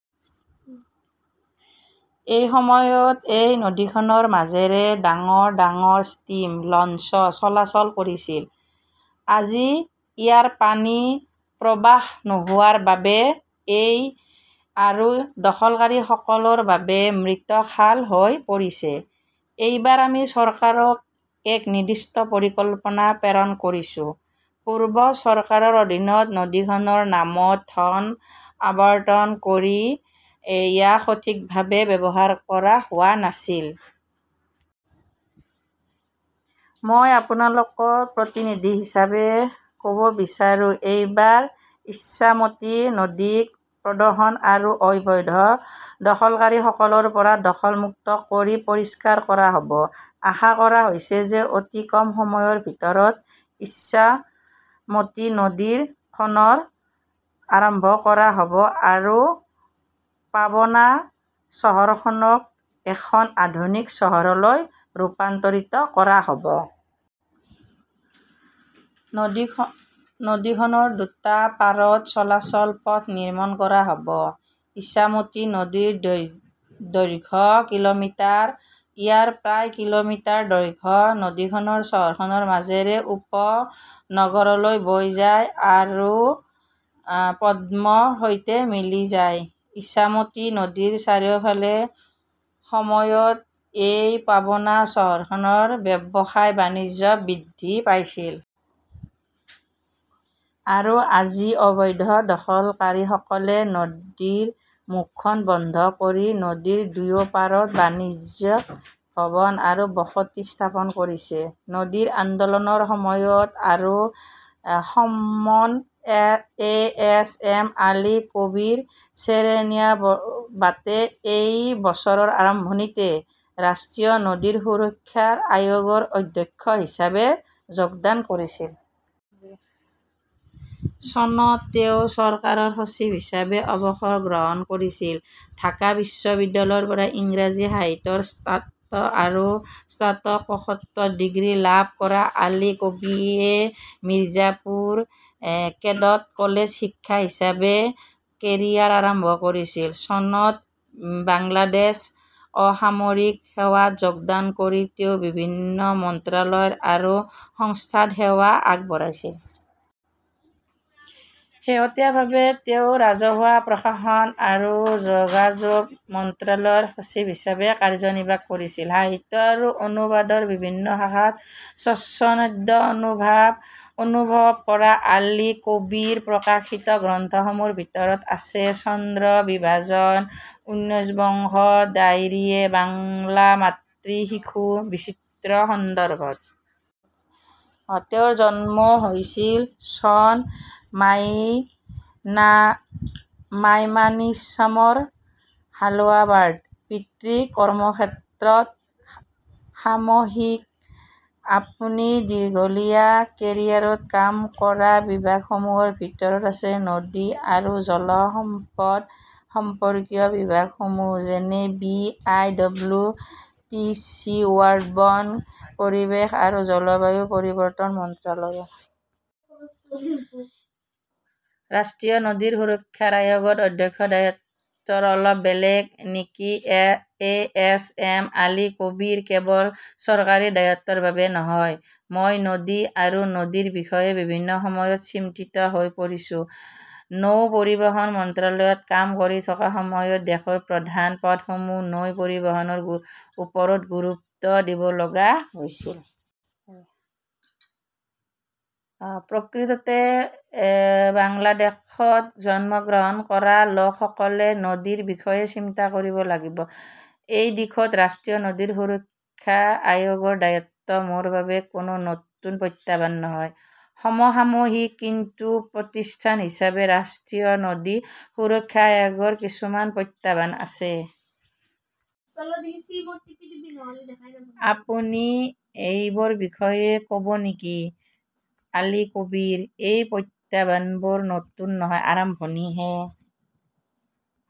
এসময়ত এই নদীখনৰ মাজেৰে ডাঙৰ ডাঙৰ ষ্টীমৰ, লঞ্চ চলাচল কৰিছিল। আজি ইয়াৰ পানীৰ প্ৰৱাহ নোহোৱাৰ বাবে ই আৰু দখলকাৰীসকলৰ বাবে মৃত খাল হৈ পৰিছে। এইবাৰ আমি চৰকাৰক এক নিৰ্দিষ্ট পৰিকল্পনা প্ৰেৰণ কৰিছো। পূৰ্বৰ চৰকাৰৰ অধীনত নদীখনৰ নামত ধন আবণ্টন কৰি ইয়াক সঠিকভাৱে ব্যৱহাৰ কৰা হোৱা নাছিল। মই আপোনালোকক প্ৰতিনিধি হিচাপে ক'ব বিচাৰো, এইবাৰ ইছামতি নদীক প্ৰদূষণ আৰু অবৈধ দখলকাৰীসকলৰ পৰা দখল মুক্ত কৰি পৰিষ্কাৰ কৰা হ'ব। আশা কৰা হৈছে যে অতি কম সময়ৰ ভিতৰতে ইছামতি নদী খনন আৰম্ভ কৰা হ'ব আৰু পাবনা চহৰখনক এখন আধুনিক চহৰলৈ ৰূপান্তৰিত কৰা হ'ব। নদীখনৰ দুটা পাৰত চলাচলৰ পথ নিৰ্মাণ কৰা হ’ব। ইছামতি নদীৰ দৈৰ্ঘ্য কিলোমিটাৰ। ইয়াৰ প্ৰায় কিলোমিটাৰ দৈৰ্ঘ্যৰ নদীখন চহৰখনৰ মাজেৰে উপনগৰলৈ বৈ যায় আৰু পদ্মাৰ সৈতে মিলি যায়। ইছামতী নদীৰ চাৰিওফালে এসময়ত এই পাবনা চহৰখনৰ ব্যৱসায়-বাণিজ্য বৃদ্ধি পাইছিল। আৰু আজি, অবৈধ দখলকাৰীসকলে নদীৰ মুখখন বন্ধ কৰি নদীৰ দুয়ো পাৰত বাণিজ্যিক ভৱন আৰু বসতি স্থাপন কৰিছে। নদী আন্দোলনৰ সময় আৰু সমন A. S. M. Ali Kabir চেৰনিয়াবাতে এই বছৰৰ আৰম্ভণিতে ৰাষ্ট্ৰীয় নদী সুৰক্ষা আয়োগৰ অধ্যক্ষ হিচাপে যোগদান কৰিছিল। চনত তেওঁ চৰকাৰৰ সচিব হিচাপে অৱসৰ গ্ৰহণ কৰিছিল। ঢাকা বিশ্ববিদ্যালয়ৰ পৰা ইংৰাজী সাহিত্যত স্নাতক আৰু স্নাতকোত্তৰ ডিগ্ৰী লাভ কৰা আলী কবীৰে মিৰ্জাপুৰ কেডেট কলেজৰ শিক্ষক হিচাপে কেৰিয়াৰ আৰম্ভ কৰিছিল। চনত বাংলাদেশ অসামৰিক সেৱাত যোগদান কৰি তেওঁ বিভিন্ন মন্ত্ৰালয় আৰু সংস্থাত সেৱা আগবঢ়াইছিল। শেহতীয়াভাৱে তেওঁ ৰাজহুৱা প্ৰশাসন আৰু যোগাযোগ মন্ত্ৰালয়ৰ সচিব হিচাপে কাৰ্যনিৰ্বাহ কৰিছিল। সাহিত্য আৰু অনুবাদৰ বিভিন্ন শাখাত স্বাচ্ছন্দ্য অনুভৱ কৰা আলী কবীৰৰ প্ৰকাশিত গ্ৰন্থসমূহৰ ভিতৰত আছে চন্দ্ৰ বিভাজন, ঊনবিংশৰ ডায়েৰী, বাংলা মাতৃৰ শিশু, বিচিত্ৰ সন্দৰ্ভত। তেওঁৰ জন্ম হৈছিল চনত মাইমানিছামৰ হালৱাঘাটত, পিতৃৰ কৰ্মক্ষেত্ৰত। সমসাময়িকঃ আপুনি দীঘলীয়া কেৰিয়াৰত কাম কৰা বিভাগসমূহৰ ভিতৰত আছে নদী আৰু জল সম্পদ সম্পৰ্কীয় বিভাগসমূহ। যেনে B. I. W. T. C. WARPO বন, পৰিৱেশ আৰু জলবায়ু পৰিৱৰ্তন মন্ত্ৰালয়। ৰাষ্ট্ৰীয় নদী সুৰক্ষা আয়োগৰ অধ্যক্ষৰ দায়িত্ব অলপ বেলেগ নেকি A. S. M. Ali Kabir কেৱল চৰকাৰী দায়িত্বৰ বাবেই নহয়, মই নদী আৰু নদীৰ বিষয়েও বিভিন্ন সময়ত চিন্তিত হৈ পৰিছো। নৌ পৰিবহণ মন্ত্ৰালয়ত কাম কৰি থকাৰ সময়ত দেশৰ প্ৰধান পথসমূহত নৌ পৰিবহণৰ ওপৰত গুৰুত্ব দিব লগা হৈছিল। প্ৰকৃততে বাংলাদেশত জন্মগ্ৰহণ কৰা লোকসকলে নদীৰ বিষয়ে চিন্তা কৰিব লাগিব। সেই দিশত ৰাষ্ট্ৰীয় নদী সুৰক্ষা আয়োগৰ দায়িত্ব মোৰ বাবে কোনো নতুন প্ৰত্যাহ্বান নহয়। সমসাময়িকঃ কিন্তু প্ৰতিষ্ঠান হিচাপে ৰাষ্ট্ৰীয় নদী সুৰক্ষা আয়োগৰ কিছুমান প্ৰত্যাহ্বান আছে। আপুনি সেইবোৰৰ বিষয়ে ক 'ব নেকি আলী কবীৰঃ এই প্ৰত্যাহ্বানবোৰ নতুন নহয়, আৰম্ভণিৰে